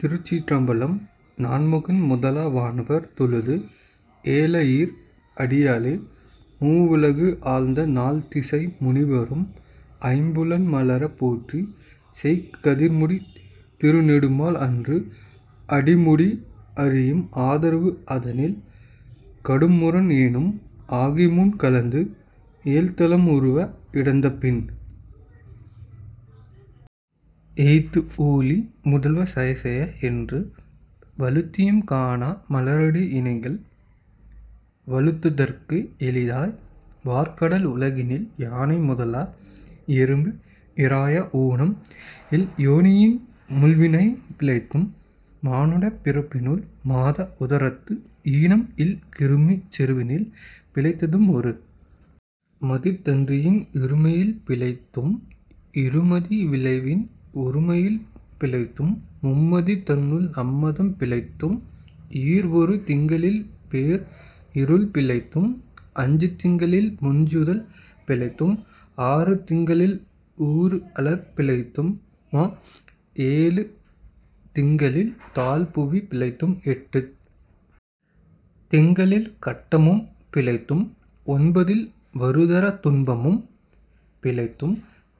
திருச்சிற்றம்பலம் நான்முகன் முதலா வானவர் தொழுது எழ ஈர் அடியாலே மூவுலகு அளந்து நால் திசை முனிவரும் ஐம்புலன் மலரப் போற்றி செய் கதிர்முடித் திருநெடுமால் அன்று அடிமுடி அறியும் ஆதரவு அதனில் கடும் முரண் ஏனம் ஆகிமுன் கலந்து ஏழ்தலம் உருவ இடந்து பின் எய்த்து ஊழி முதல்வ சயசய என்று வழுத்தியும் காணா மலர்அடி இணைகள் வழுத்துதற்கு எளிதாய் வார் கடல் உலகினில் யானை முதலா எறும்பு ஈறாய ஊனம் இல் யோனியின் உள்வினை பிழைத்தும் மானுடப் பிறப்பினுள் மாதா உதரத்து ஈனம் இல் கிருமிச் செருவினில் பிழைத்தும் ஒரு மதித் தான்றியின் இருமையில் பிழைத்தும் இருமதி விளைவின் ஒருமையில் பிழைத்தும் மும்மதி தன்னுள் அம்மதம் பிழைத்தும் ஈர் இரு திங்களில் பேர் இருள் பிழைத்தும் அஞ்சு திங்களில் முஞ்சுதல் பிழைத்தும் ஆறு திங்களில் ஊறு அலர் பிழைத்தும ஏழு திங்களில் தாழ் புவி பிழைத்தும் எட்டுத் திங்களில் கட்டமும் பிழைத்தும் ஒன்பதில் வருதரு துன்பமும் பிழைத்தும்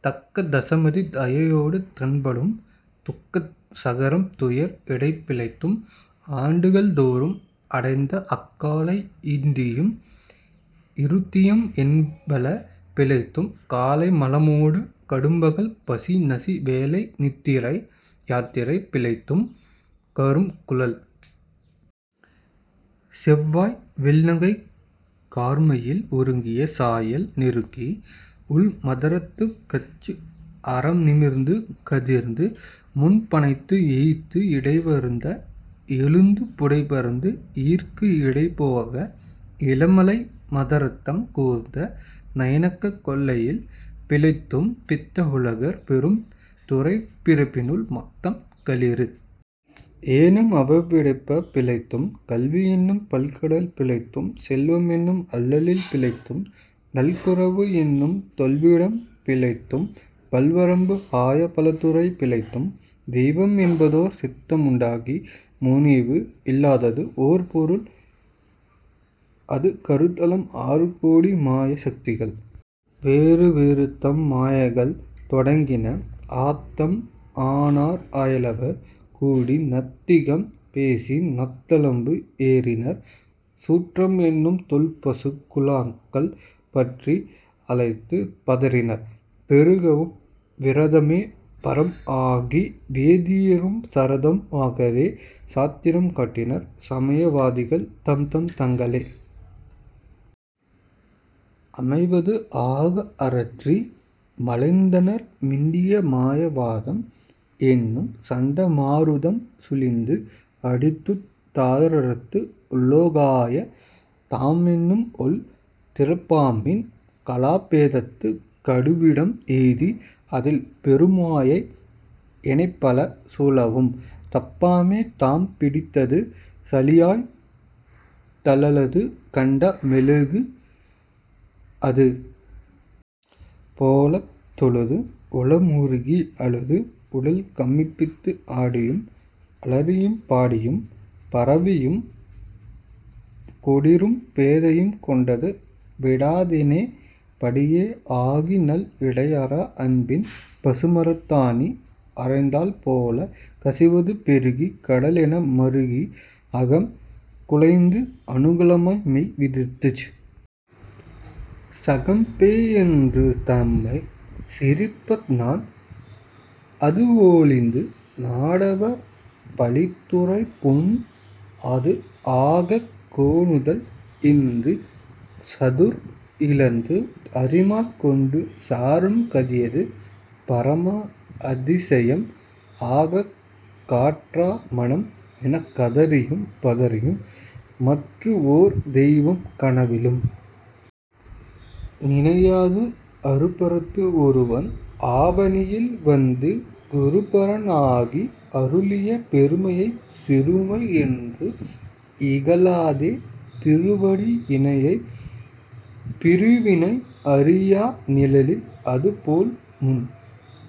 தக்க தசமதி தாயொடு தான்படும் துக்க சாகரம் துயர் இடைப்பிழைத்தும் ஆண்டுகள் தோறும் அடைந்த அக்காலை ஈண்டியும் இருத்தியும் எனைப்பல பிழைத்தும் காலை மலமொடு கடும்பகல் பசி நிசி வேலை நித்திரை யாத்திரை பிழைத்தும் கரும்குழல் செவ்வாய் வெள்நகைக் கார்மயில் ஒருங்கிய சாயல் நெருங்கி உள் மதர்த்துக் கச்சு அற நிமிர்ந்து கதிர்ந்து முன் பணைத்து எய்த்து இடைவருந்த எழுந்து புடைபரந்து ஈர்க்கு இடைபோகா இளமுலை மாதர்தம் கூர்த்த நயனக் கொள்ளையில் பிழைத்தும் பித்த உலகர் பெரும் துறைப் பரப்பினுள் மத்தம் களிறு எனும் அவாவிடைப் பிழைத்தும் கல்வி என்னும் பல்கடல் பிழைத்தும் செல்வம் என்னும் அல்லலில் பிழைத்தும் நல்குரவு என்னும் தொல்விடம் பிழைத்தும் புல்வரம்பு ஆய பலதுறை பிழைத்தும் தெய்வம் என்பதோர் சித்தம் உண்டாகி முனிவு இலாதது ஓர் பொருள் அது கருதலும் ஆறு கோடி மாயா சக்திகள் வேறு வேறு தம் மாயைகள் தொடங்கின ஆத்தம் ஆனார் அயலவர் கூடி நாத்திகம் பேசி நாத்தழும்பு ஏறினர் சுற்றம் என்னும் தொல்பசுக் குழாங்கள் பற்றி அழைத்துப் பதறினர் பெருகவும் விரதமே பரம் ஆக வேதியரும் சரதம் ஆகவே சாத்திரம் காட்டினர் சமய வாதிகள் தம்தம் தங்களே அமைவது ஆக அரற்றி மலைந்தனர் மிண்டிய மாயா வாதம் என்னும் சண்ட மாருதம் சுழிந்து அடித்துத் தாஅர்த்து உலோகாய தமெனும் ஒள் திறப்பாம்பின் கலா பேதத்த கடுவிடம் எய்தி அதில் பெருமாயை எனைப்பல சூழவும் தப்பாமே தாம் பிடித்தது சலியாத் தழலது கண்ட மெழுகு அது போலத் தொழுது உளம் உருகி அழுது உடல்கம்பித்து ஆடியும் அலறியும் பாடியும் பரவியும் கொடிறும் பேதையும் கொண்டது விடாதென படியே ஆகி நல் இடைஅறா அன்பின் பசுமரத்து ஆணி அறைந்தால் போலக் கசிவது பெருகிக் கடல் என மறுகி அகம் குழைந்து அனுகுலமாய் மெய் விதிர்த்துச் சகம் பேய் என்று தம்மைச் சிரிப்ப நாண் அது ஒழிந்து நாடவர் பழித்துரை பூண் அது ஆகக் கோணுதல் இன்றிச் சதுர் இழந்து அறிமால் கொண்டு சாரும் கதியது பரமா அதிசயம் ஆகக் கற்றா மனம் எனக் கதறியும் பதறியும் மற்று ஓர் தெய்வம் கனவிலும் நினையாது அருபரத்து ஒருவன் அவனியில் வந்து குருபரன் ஆகி அருளிய பெருமையைச் சிறுமை என்று இகழாதே திருவடி இணையைப் பிறிவினை அறியா நிழல் அது போல முன்